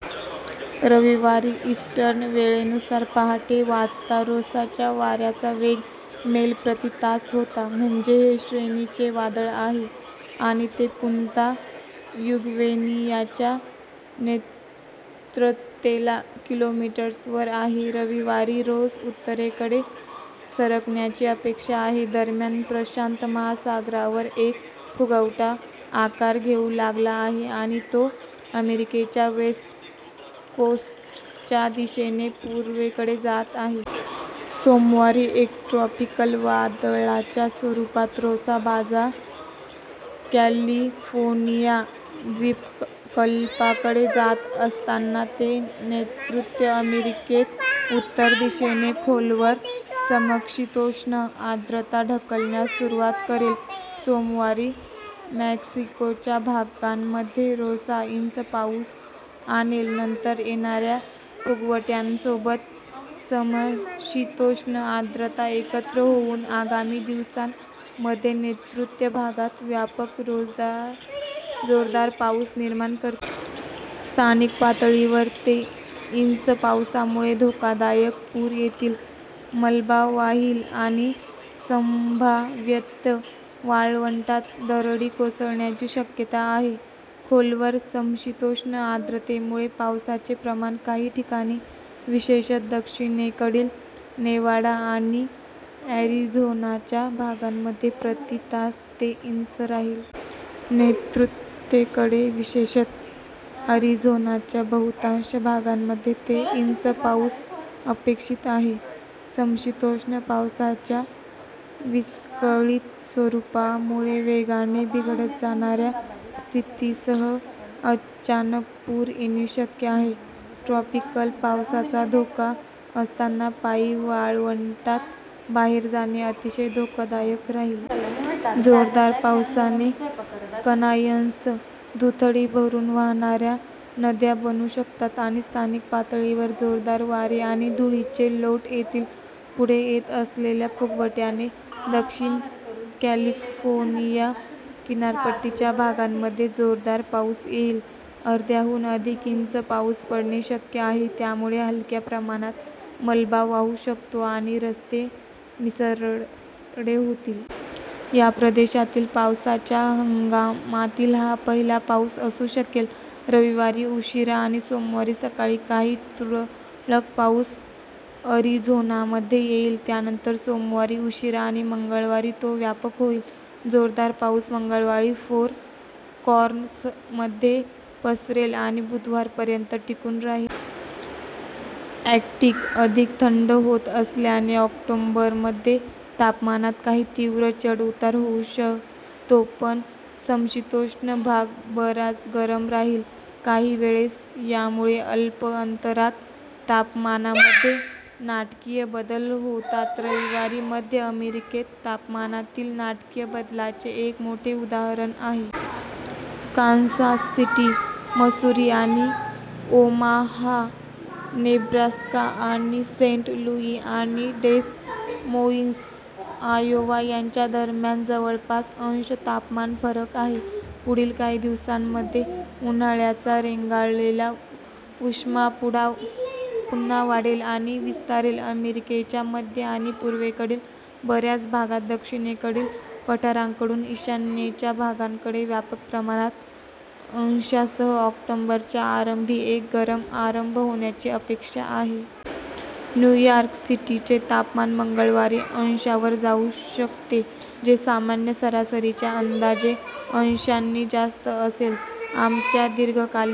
रविवारी ईस्टर्न वेळेनुसार पहाटे वाजता रोसाच्या वाऱ्यांचा वेग मैल प्रति तास होता, म्हणजे हे श्रेणी चे वादळ आहे आणि ते पुन्ता युग्वेनियाच्या नैऋत्येला किलोमीटर्सवर आहे. रविवारी रोस उत्तरकडे सरकण्याची अपेक्षा आहे. दरम्यान, प्रशांत महासागरावर एक फुगवटा आकार घेऊ लागला आहे आणि तो अमेरिकेच्या वेस्ट कोस्टच्या दिशेने पूर्वेकडे जात आहे. सोमवारी एक ट्रॉपिकल वादळाच्या स्वरुपात रोसा बाजा कॅलिफोर्निया द्वीपकल्पाकडे जात असताना ते नैऋत्य अमेरिकेत उत्तर दिशेने खोलवर समशीतोष्ण आर्द्रता ढकलण्यास सुरुवात करेल. सोमवारी मेक्सिकोच्या भागांमध्ये रोसा इंच पाऊस आणेल. नंतर, येणाऱ्या फुगवट्यासोबत समशीतोष्ण आर्द्रता एकत्र होऊन आगामी दिवसांमध्ये नैऋत्य भागात व्यापक जोरदार पाऊस निर्माण करतील. स्थानिक पातळीवर ते इंच पावसामुळे धोकादायक पूर येतील, मलबा वाहील आणि संभाव्यतः वाळवंटात दरडी कोसळण्याची शक्यता आहे. खोलवर समशीतोष्ण आर्द्रतेमुळे पावसाचे प्रमाण काही ठिकाणी, विशेषतः दक्षिणेकडील नेवाडा आणि अरिझोनाच्या भागांमध्ये प्रति तास ते इंच राहील. नैऋत्येकडे विशेषतः, अरिझोनाच्या बहुतांश भागामध्ये ते इंच पाऊस अपेक्षित आहे. समशीतोष्ण पावसाच्या विस्कळीत स्वरुपामुळे वेगाने बिघडत जाणाऱ्या स्थितींसह अचानक पूर येणे शक्य आहे. ट्रॉपिकल पावसाचा धोका असताना पायी वाळवंटात बाहेर जाणे अतिशय धोकादायक राहील. जोरदार पावसाने कनायन्स दुथडी भरुन वाहणाऱ्या नद्या बनू शकतात आणि स्थानिक पातळीवर जोरदार वारे आणि धुळीचे लोट येतील. पुढे येत असलेल्या फुगवट्याने दक्षिण कॅलिफोर्निया किनारपट्टीच्या भागांमध्ये जोरदार पाऊस येईल. अर्ध्याहून अधिक इंच पाऊस पडणे शक्य आहे, त्यामुळे हलक्या प्रमाणात मलबा वाहू शकतो आणि रस्ते निसरडे होतील. या प्रदेशातील पावसाच्या हंगामातील हा पहिला पाऊस असू शकेल. रविवारी उशिरा आणि सोमवारी सकाळी काही तुरळक पाऊस अरिझोनामध्ये येईल, त्यानंतर सोमवारी उशिरा आणि मंगळवारी तो व्यापक होईल. जोरदार पाऊस मंगळवारी फोर कॉर्नर्समध्ये पसरेल आणि बुधवारपर्यंत टिकून राहील. आर्क्टिक अधिक थंड होत असल्याने ऑक्टोबरमध्ये तापमानात काही तीव्र चढउतार होऊ शतो, पण समशीतोष्ण भाग बराच गरम राहील. काहीवेळेस यामुळे अल्प अंतरात तापमानामध्ये नाटकीय बदल होतात. रविवारी मध्य अमेरिकेत तापमानातील नाटकीय बदलाचे एक मोठे उदाहरण आहे. कान्सास सिटी, मिसुरी, आणि ओमाहा, नेब्रास्का, आणि सेंट लुई आणि डेस मोईन्स, आयोवा यांच्या दरम्यान जवळपास अंश तापमान फरक आहे. पुढील काही दिवसांमध्ये, उन्हाळ्याचा रेंगाळलेला उष्मा पुन्हा वाढेल आणि विस्तारेल. अमेरिकेच्या मध्य आणि पूर्वेकडील बऱ्याच भागात दक्षिणेकडील पठारांकडून ईशान्येच्या भागांकडे व्यापक प्रमाणात अंशांसह ऑक्टोबरच्या आरंभी एक गरम आरंभ होण्याची अपेक्षा आहे. न्यू यॉर्क सिटीचे तापमान मंगळवारी अंशांवर जाऊ शकते, जे सामान्य सरासरीच्या अंदाजे अंशांनी जास्त असेल. आमच्या दीर्घकालीन